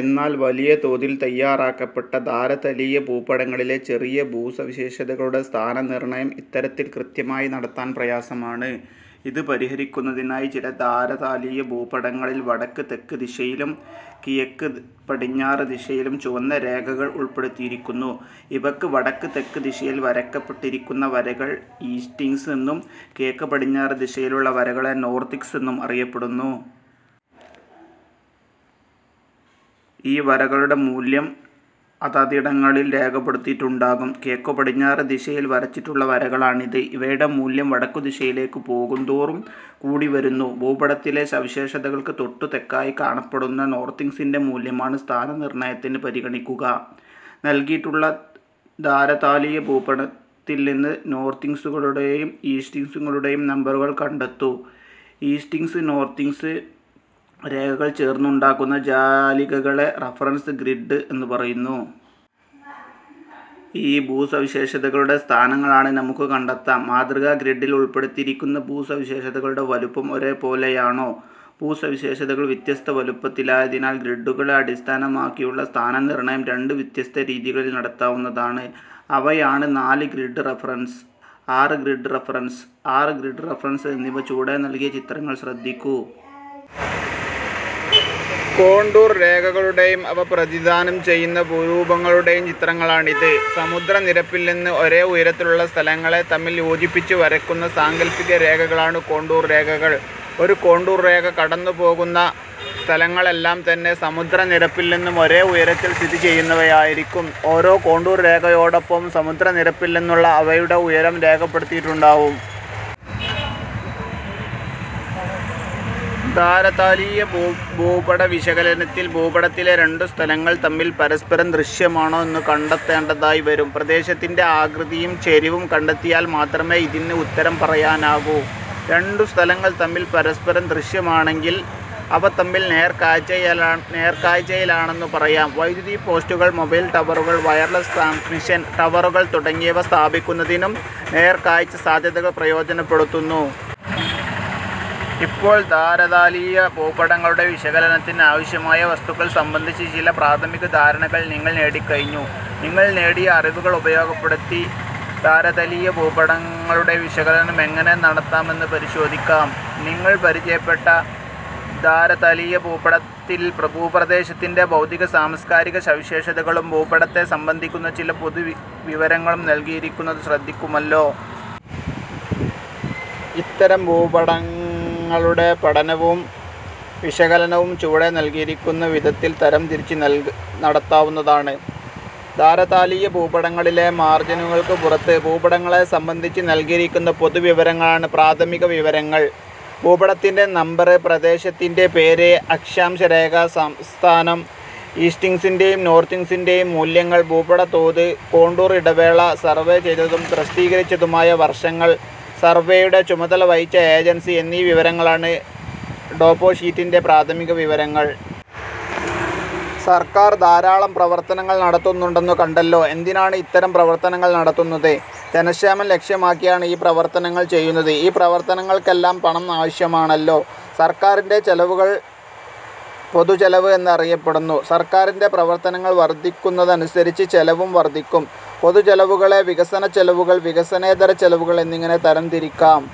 എന്നാൽ വലിയതോതിൽ തയാറാക്കപ്പെട്ട ധരാതലീയ ഭൂപടങ്ങളിലെ ചെറിയ ഭൂസവിശേഷതകളുടെ സ്ഥാനനിർണയം ഇത്തരത്തിൽ കൃത്യമായി നടത്താൻ പ്രയാസമാണ്. ഇത് പരിഹരിക്കുന്നതിനായി ചില ധരാതലീയ ഭൂപടങ്ങളിൽ വടക്ക്-തെക്ക് ദിശയിലും കിഴക്ക് പടിഞ്ഞാറ് ദിശയിലും ചുവന്ന രേഖകൾ ഉൾപ്പെടുത്തിയിരിക്കുന്നു. ഇവയിൽ വടക്ക്-തെക്ക് ദിശയിൽ വരയ്ക്കപ്പെട്ടിരിക്കുന്ന വരകൾ ഈസ്റ്റിങ്സ് എന്നും കിഴക്ക്-പടിഞ്ഞാറ് ദിശയിലുള്ള വരകളെ നോർത്തിങ്സ് എന്നും അറിയപ്പെടുന്നു. ഈ വരകളുടെ മൂല്യം അതതിടങ്ങളിൽ രേഖപ്പെടുത്തിയിട്ടുണ്ടാകും. കിഴക്കുപടിഞ്ഞാറ് ദിശയിൽ വരച്ചിട്ടുള്ള വരകളാണിത്. ഇവയുടെ മൂല്യം വടക്കുദിശയിലേക്കു പോകും തോറും കൂടിവരുന്നു. ഭൂപടത്തിലെ സവിശേഷതകൾക്ക് തൊട്ടു തെക്കായി കാണപ്പെടുന്ന നോർത്തിങ്സിന്റെ മൂല്യമാണ് സ്ഥാനനിർണയത്തിന് പരിഗണിക്കുക. നൽകിയിട്ടുള്ള ധരാതലീയ ഭൂപടത്തിൽ നിന്ന് നോർത്തിങ്സുകളുടെയും ഈസ്റ്റിങ്സുകളുടെയും നമ്പറുകൾ കണ്ടെത്തൂ. ഈസ്റ്റിങ്സ് നോർത്തിങ്സ് രേഖകൾ ചേർന്നുണ്ടാകുന്ന ജാലികകളെ റഫറൻസ് ഗ്രിഡ് എന്നു പറയുന്നു. ഈ ഭൂസവിശേഷതകളുടെ സ്ഥാനങ്ങളാണ് നമുക്ക് കണ്ടെത്താം. മാതൃകാ ഗ്രിഡിൽ ഉൾപ്പെടുത്തിയിരിക്കുന്ന ഭൂസവിശേഷതകളുടെ വലുപ്പം ഒരേപോലെയാണോ? ഭൂസവിശേഷതകൾ വ്യത്യസ്ത വലുപ്പത്തിലായതി നാൽ ഗ്രിഡുകളെ അടിസ്ഥാനമാക്കിയുള്ള സ്ഥാനനിർണയം രണ്ട് വ്യത്യസ്ത രീതികളിൽ നടത്താവുന്നതാണ്. അവയാണ് നാല് ഗ്രിഡ് റഫറൻസ്, ആറ് ഗ്രിഡ് റഫറൻസ് എന്നിവ. ചുവടെ നൽകിയ ചിത്രങ്ങൾ ശ്രദ്ധിക്കൂ. കോണ്ടൂർ രേഖകളുടെയും അവ പ്രതിനിധാനം ചെയ്യുന്ന ഭൂരൂപങ്ങളുടെയും ചിത്രങ്ങളാണിത്. സമുദ്രനിരപ്പിൽനിന്ന് ഒരേ ഉയരത്തിലുള്ള സ്ഥലങ്ങളെ തമ്മിൽ യോജിപ്പിച്ചുവരയ്ക്കുന്ന സാങ്കൽപ്പികരേഖകളാണ് കോണ്ടൂർ രേഖകൾ. ഒരു കോണ്ടൂർരേഖ കടന്നുപോകുന്ന സ്ഥലങ്ങൾ എല്ലാം തന്നെ സമുദ്രനിരപ്പിൽ നിന്നും ഒരേ ഉയരത്തിൽ സ്ഥിതി ചെയ്യുന്നവയായിരിക്കും. ഓരോ കോണ്ടൂർ രേഖയോടൊപ്പവും സമുദ്ര നിരപ്പിൽനിന്നുള്ള അവയുടെ ഉയരം രേഖപ്പെടുത്തിയിട്ടുണ്ടാവും. ധരാതലീയ ഭൂപടവിശകലനത്തിൽ ഭൂപടത്തിലെ രണ്ടു സ്ഥലങ്ങൾ തമ്മിൽ പരസ്പരം ദൃശ്യമാണോ എന്നു കണ്ടെത്തേണ്ടതായി വരും. പ്രദേശത്തിന്റെ ആകൃതിയും ചരിവും കണ്ടെത്തിയാൽ മാത്രമേ ഇതിന് ഉത്തരം പറയാനാകൂ. രണ്ടു സ്ഥലങ്ങൾ തമ്മിൽ പരസ്പരം ദൃശ്യമാണെങ്കിൽ അവ തമ്മിൽ നേർക്കാഴ്ചയിലാണെന്നു പറയാം. വൈദ്യുതി പോസ്റ്റുകൾ, മൊബൈൽ ടവറുകൾ, വയർലെസ് ട്രാൻസ്മിഷൻ ടവറുകൾ തുടങ്ങിയവ സ്ഥാപിക്കുന്നതിനും നേർക്കാഴ്ചാസാധ്യതകൾ പ്രയോജനപ്പെടുത്തുന്നു. ഇപ്പോൾ ധരാതലീയ ഭൂപടങ്ങളുടെ വിശകലനത്തിന് ആവശ്യമായ വസ്തുതകൾ സംബന്ധിച്ച് ചില പ്രാഥമിക ധാരണകൾ നിങ്ങൾ നേടിക്കഴിഞ്ഞു. നിങ്ങൾ നേടിയ അറിവുകൾ ഉപയോഗപ്പെടുത്തി ധരാതലീയ ഭൂപടങ്ങളുടെ വിശകലനം എങ്ങനെ നടത്താം എന്ന് പരിശോധിക്കാം. നിങ്ങൾ പരിചയപ്പെട്ട ധരാതലീയ ഭൂപടത്തിൽ ഭൂപ്രദേശത്തിന്റെ ഭൗതിക-സാംസ്കാരിക സവിശേഷതകളും ഭൂപടത്തെ സംബന്ധിക്കുന്ന ചില പൊതുവിവരങ്ങളും നൽകിയിരിക്കുന്നത് ശ്രദ്ധിക്കുമല്ലോ. ഇത്തരം ഭൂപടങ്ങളുടെ പഠനവും വിശകലനവും ചുവടെ നൽകിയിരിക്കുന്ന വിധത്തിൽ തരംതിരിച്ച് നടത്താവുന്നതാണ്. ധരാതലീയ ഭൂപടങ്ങളിലെ മാർജിനുകൾക്കു പുറത്ത് ഭൂപടങ്ങളെ സംബന്ധിച്ച് നൽകിയിരിക്കുന്ന പൊതുവിവരങ്ങളാണ് പ്രാഥമികവിവരങ്ങൾ. ഭൂപടത്തിന്റെ നമ്പർ, പ്രദേശത്തിന്റെ പേര്, അക്ഷാംശ രേഖാംശസ്ഥാനം, ഈസ്റ്റിങ്സിന്റെയും നോർത്തിങ്സിന്റെയും മൂല്യങ്ങൾ, ഭൂപടതോത്, കോണ്ടൂർ ഇടവേള, സർവേ ചെയ്തതും പ്രസിദ്ധീകരിച്ചതുമായ വർഷങ്ങൾ, സർവേയുടെ ചുമതല വഹിച്ച ഏജൻസി എന്നീ വിവരങ്ങളാണ് ടോപ്പോഷീറ്റിന്റെ പ്രാഥമികവിവരങ്ങൾ. സർക്കാർ ധാരാളം പ്രവർത്തനങ്ങൾ നടത്തുന്നുണ്ടെന്നു കണ്ടല്ലോ. എന്തിനാണ് ഇത്തരം പ്രവർത്തനങ്ങൾ നടത്തുന്നത്? ജനക്ഷേമം ലക്ഷ്യമാക്കിയാണ് ഈ പ്രവർത്തനങ്ങൾ ചെയ്യുന്നത്. ഈ പ്രവർത്തനങ്ങൾക്കെല്ലാം പണം ആവശ്യമാണല്ലോ. സർക്കാരിന്റെ ചെലവുകൾ പൊതുചെലവ് എന്ന് അറിയപ്പെടുന്നു. സർക്കാരിന്റെ പ്രവർത്തനങ്ങൾ വർധിക്കുന്നതനുസരിച്ച് ചെലവും വർധിക്കും. പൊതുചെലവുകളെ വികസനച്ചെലവുകൾ, വികസനേതര ചെലവുകൾ എന്നിങ്ങനെ തരം തിരിക്കാം.